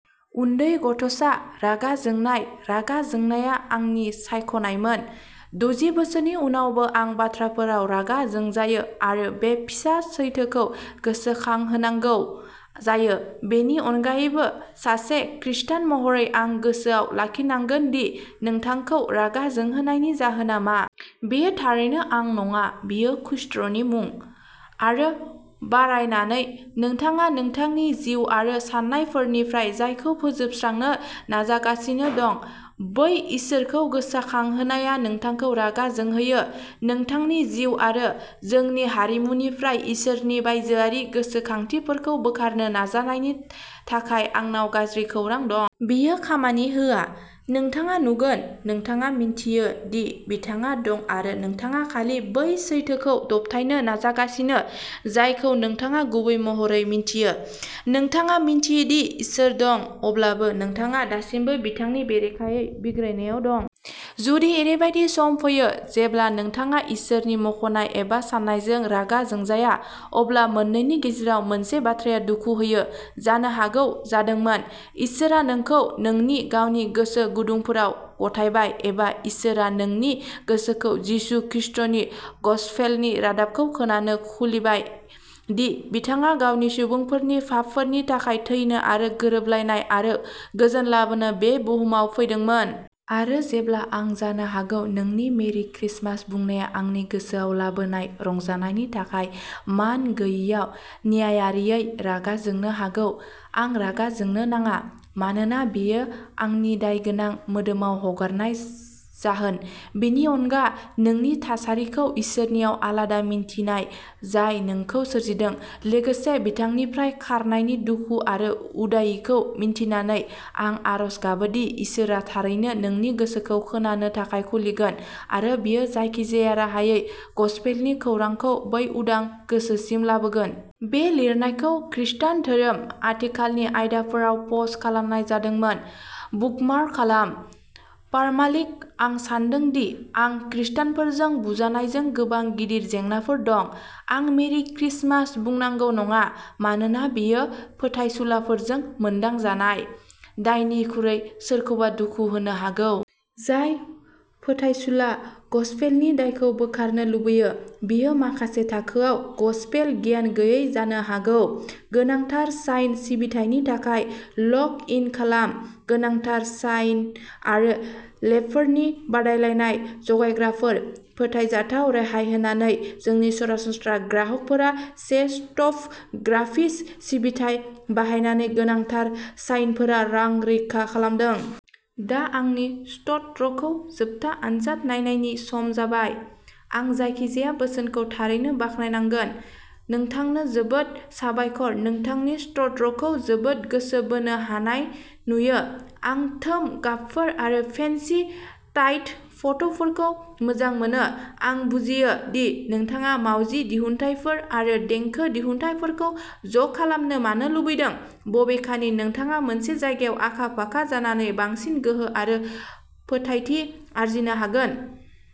उन्दै गथ'सा, रागा जोंनाय रागा जोंनाया आंनि सायख'नायमोन। दजि बोसोरनि उनावबो आं बाथ्राफोराव रागा जोंजायो आरो बे फिसा सैथोखौ गोसोखांहोनांगौ जायो। बेनि अनगायैबो, सासे खृस्टान महरै, आं गोसोआव लाखिनांगोन दि नोंथांखौ' रागा जोंहोनाय'नि जाहोनआ मा। बेयो थारैनो आं नङा, बेयो खृस्टनि मुं, आरो बारायनायै, नोंथाङा नोंथांनि जिउ आरो साननायफोरनिफ्राय जायखौ फोजोबस्रांनो नाजागासिनो दं, बै इसोरखौ गोसोखांहोनाया नोंथांखौ रागा जोंहोयो। नोंथांनि जिउ आरो जोंनि हारिमुनिफ्राय इसोरनि बायजोआरि गोसोखांथिफोरखौ बोखारनो नाजानायनि थाखाय आंनाव गाज्रि खौरां दं। बेयो खामानि होआ। नोंथाङा नुगोन, नोंथाङा मिन्थियो दि बिथाङा दं आरो नोंथाङा खालि बै सैथोखौ दबथायनो नाजागासिनो जायखौ नोंथाङा गुबै महरै मिन्थियो। नोंथाङा मिन्थियोदि इसोर दं, अब्लाबो नोंथाङा दासिमबो बिथांनि बेरेखायै बिग्रायनायाव दं। जुदि ओरैबायदि सम फैयो जेब्ला नोंथाङा इसोरनि मुंख'नाय एबा साननायजों रागा जोंजाया, अब्ला मोननैनि गेजेराव मोनसे बाथ्राया दुखु होयो। जानो हागौ जादोंमोन। इसोरआ नोंखौ नोंनि गावनि गोसो गुदुंफोराव गथायबाय एबा इसोरआ नोंनि गोसोखौ जिसु खृष्टनि गसपेलनि रादाबखौ खोनानो खुलिबाय दि बिथाङा गावनि सुबुंफोरनि पापफोरनि थाखाय थैनो आरो गोरोबलायनाय आरो गोजोन लाबोनो बे बुहुमाव फैदोंमोन। आरो जेब्ला आं जानो हागौ नोंनि मेरि क्रिसमास बुंनाया आंनि गोसोआव लाबोनाय रंजानायनि थाखाय मान गैयैआव न्यायारियै रागा जोंनो हागौ, आं रागा जोंनो नाङा, मानोना बेयो आंनि दायगोनां मोदोमाव हगारनाय जागोन। बेनि अनगा, नोंनि थासारिखौ इसोरनिफ्राय आलादा मिन्थिनाय जाय नोंखौ सोरजिदों, लोगोसे बिथांनिफ्राय खारनायनि दुखु आरो उदायैखौ मिन्थिनानै, आं आरज गाबोदि इसोरआ थारैनो नोंनि गोसोखौ खोनानो थाखाय खुलिगोन, आरो बियो जायखिजाया राहायै गसपेलनि खौरांखौ बै उदां गोसोसिम लाबोगोन। बे लिरनायखौ खृस्टान धोरोम, आथिखालनि आयदाफोराव पस्ट खालामनाय जादोंमोन। बुकमार्क खालाम। पार्मालिंक आं सान्दों दि आं खृष्टानफोरजों बुंजानायजों गोबां गिदिर जेंनाफोर दं, आं मेरि क्रिसमास बुंनांगौ नङा, मानोना बेयो फोथायसुलाफोरजों मोनदां जानाय' दायनिख्रुइ सोरखौबा दुखु होनो हागौ। जाय फोथायसुला गसपेलनि दायखौ बोखारनो लुबैयो, बियो माखासे थाखोआव गसपेल गियान गैयै जानो हागौ। गोनांथार साइन सिबिथायनि थाखाय लग इन खालाम। गोनांथार साइन आरो लेबेलफोरनि बादायलायनाय जगायग्राफोर। फोथायजाथाव रेहाय होनानै जोंनि सरासनस्रा ग्राहकफोरा से स्टप ग्राफिक्स सिबिथाइ बाहायनानै गोनांथार साइनफोराव रां रैखा खालामदों। दा आंनि स्ट'रखौ जोबथा आनजाद नायनायनि सम जाबाय। आं जायखिजाया बोसोनखौ थारैनो बाख्नायगोन। नोंथांनो जोबोद साबायखर नोंथांनि स्ट'रखौ जोबोद गोसो बोनो हानाय नुयो। आं थीम गाबफोर आरो फेन्सि टाइटेल फन्टफोरखौ मोजां मोनो। आं बुजियो दि नोंथाङा मावजि दिहुनथायफोर आरो देंखो दिहुनथायफोरखौ ज'खालामनो मानो लुबैदों, बबेखानि नोंथाङा मोनसे जायगायाव आखा-फाखा जानानै बांसिन गोहो आरो फोथायथि आरजिनो हागोन।